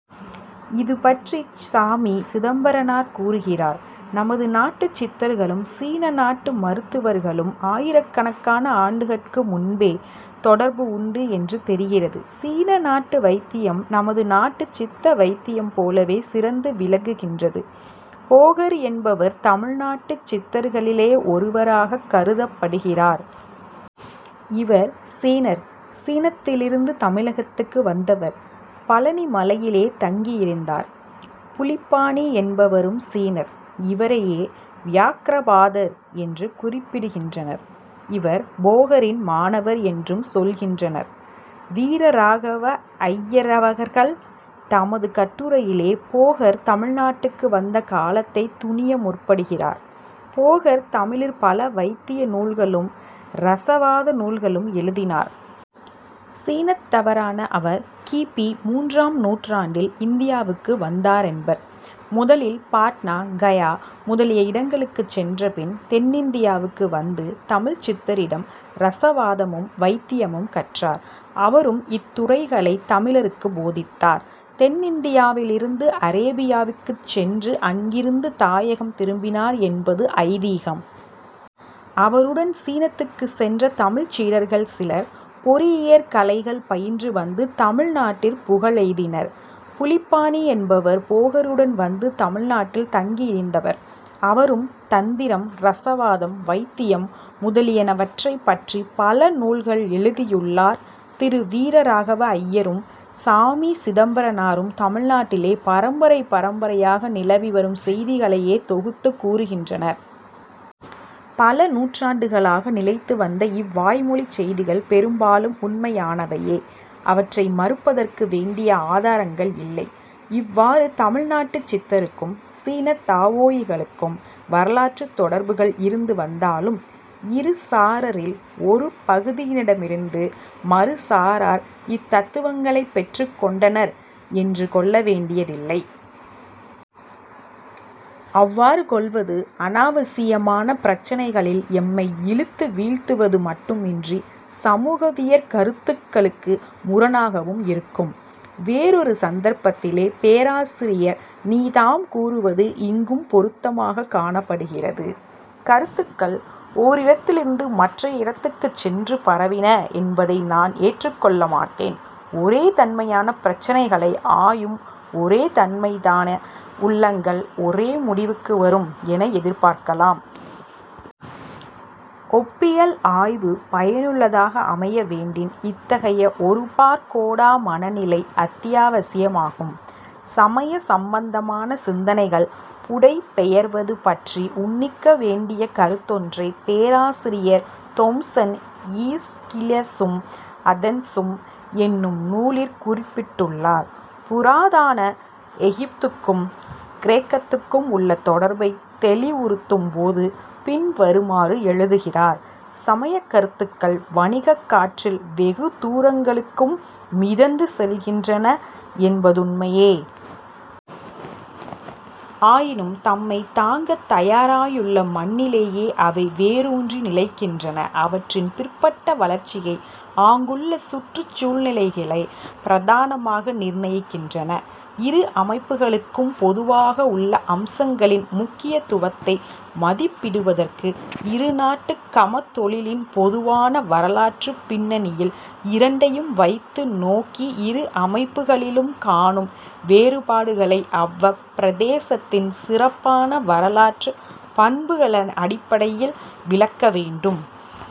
இதுபற்றிச் சாமி சிதம்பரனார் கூறுகிறார்: "நமது நாட்டுச் சித்தர்களும், சீன நாட்டுச் மருத்துவர்களுக்கும் ஆயிரக்கணக்கான ஆண்டுகட்டு முன்பே தொடர்பு உண்டு என்று தெரிகிறது... சீன நாட்டு வைத்தியம் நமது நாட்டுச் சித்த வைத்தியம் போலவே சிறந்து விளங்ககின்றது... போகர் என்பவர் தமிழ் நாட்டுச் சித்தர்களிலே ஒருவராகக் கருதப்படுகிறார். இவர் சீனர், சீனத்திலிருந்து தமிழகத்துக்கு வந்தவர். பழனி மலையிலே தங்கியிருந்தார். புலிப்பாணி என்பவரும் சீனர். இவரையே 'வியாக்ரபாதர்' என்று குறிப்பிடுகின்றனர். இவர் போகரின் மாணவர் என்றும் சொல்கின்றனர். வீரராகவ ஐயரவர்கள் தமது கட்டுரையிலே போகர் தமிழ் நாட்டுக்கு வந்த காலத்தைத் துணிய முற்படுகிறார். "போகர் தமிழிற் பல வைத்திய நூல்களும் இரசவாத நூல்களும் எழுதினார். சீனத்தவரான அவர் கி. பி. மூன்றாம் நூற்றாண்டில் இந்தியாவுக்கு வந்தாரென்பர். முதலில் பாட்னா, கயா, முதலிய இடங்களுக்குச் சென்றபின், தென்னிந்தியாவுக்கு வந்து, தமிழ்ச் சித்தரிடம் இரசவாதமும் வைத்தியமும் கற்றார். அவரும் இத்துறைகளைத் தமிழருக்குப் போதித்தார். தென்னிந்தியாவிலிருந்து அராபியாவுக்குச் சென்று, அங்கிருந்து தாயகம் திரும்பினார் என்பது ஐதீகம். அவருடன் சீனத்துக்குச் சென்ற தமிழ்ச் சீடர்கள் சிலர் பொறியியற் கலைகள் பயின்று வந்து தமிழ் நாட்டிற் புகழெய்தினர். புலிப்பாணி என்பவர் போகருடன் வந்து தமிழ் நாட்டில் தங்கியிருந்தவர். அவரும் தந்திரம், இரசவாதம், வைத்தியம் முதலியனவற்றைப் பற்றிப் பல நூல்கள் எழுதியுள்ளார். திரு. வீரராகவ ஐயரும், சாமி சிதம்பரனாரும் தமிழ்நாட்டிலே பரம்பரை பரம்பரையாக நிலவி வரும் செய்திகளையே தொகுத்துக் கூறுகின்றனர். பல நூற்றாண்டுகளாக நிலைத்து வந்த இவ்வாய்மொழிச் செய்திகள் பெரும்பாலும் உண்மையானவையே. அவற்றை மறுப்பதற்கு வேண்டிய ஆதாரங்கள் இல்லை. இவ்வாறு தமிழ் நாட்டுச் சித்தருக்கும் சீனத் தாவோயிகளுக்கும் வரலாற்றுத் தொடர்புகள் இருந்து வந்தாலும், இரு சாராரில் ஒரு பகுதியினடமிருந்து மறுசாரார் இத் தத்துவங்களைப் பெற்றுக் கொண்டனர் என்று கொள்ள வேண்டியதில்லை. அவ்வாறு கொள்வது அநாவசியமான பிரச்சினைகளில் எம்மை இழுத்து வீழ்த்துவது மட்டுமின்றிச் சமூகவியற் கருத்துக்களுக்கு முரணாகவும் இருக்கும். வேறொரு சந்தர்ப்பத்திலே பேராசிரியர் நீதாம் கூறுவது இங்கும் பொருத்தமாகக் காணப்படுகிறது. "கருத்துக்கள் ஓரிடத்திலிருந்து மற்றைய இடத்துக்குச் சென்று பரவின என்பதை நான் ஏற்றுக் கொள்ள மாட்டேன். ஒரே தன்மையான பிரச்சினைகளை ஆயும் ஒரே தன்மைத்தான உள்ளங்கள் ஒரே முடிவுக்கு வரும் என எதிர்பார்க்கலாம். " ஒப்பியல் ஆய்வு பயனுள்ளதாக அமையவேண்டின் இத்தகைய 'ஒருபாற்கோடா' மன நிலை அத்தியாவசியமாகும். சமய சம்பந்தமான சிந்தனைகள் புடைபெயர்வது பற்றி உன்னிக்க வேண்டிய கருத்தொன்றைப் பேராசிரியர் தொம்சன் ஈஸ்கிலசும் அதென்சும் என்னும் நூலிற் குறிப்பிட்டுள்ளார். புராதன எகிப்துக்கும் கிரேக்கத்துக்கும் உள்ள தொடர்பைத் தௌிவுறுத்தும் போது பின்வருமாறு எழுதுகிறார்: "சமயக் கருத்துக்கள் வணிகக் காற்றில் வெகு தூரங்களுக்கும் மிதந்து செல்கின்றன என்பதுண்மையே. ஆயினும், தம்மைத் தாங்கத் தயாராயுள்ள மண்ணிலேயே அவை வேரூன்றி நிலைக்கின்றன. அவற்றின் பிற்பட்ட வளர்ச்சியை ஆங்குள்ள சுற்றுச் சூழ்நிலைகளே பிரதானமாக நிர்ணயிக்கின்றன. இரு அமைப்புகளுக்கும் பொதுவாக உள்ள அம்சங்களின் முக்கியத்துவத்தை மதிப்பிடுவதற்கு, இரு நாட்டுக் கமத்தொழிலின் பொதுவான வரலாற்றுப் பின்னணியில் இரண்டையும் வைத்து நோக்கி, இரு அமைப்புகளிலும் காணும் வேறுபாடுகளை அவ்வப் பிரதேசத்தின் சிறப்பான வரலாற்றுப் பண்புகளினடிப்படையில் விளக்க வேண்டும்.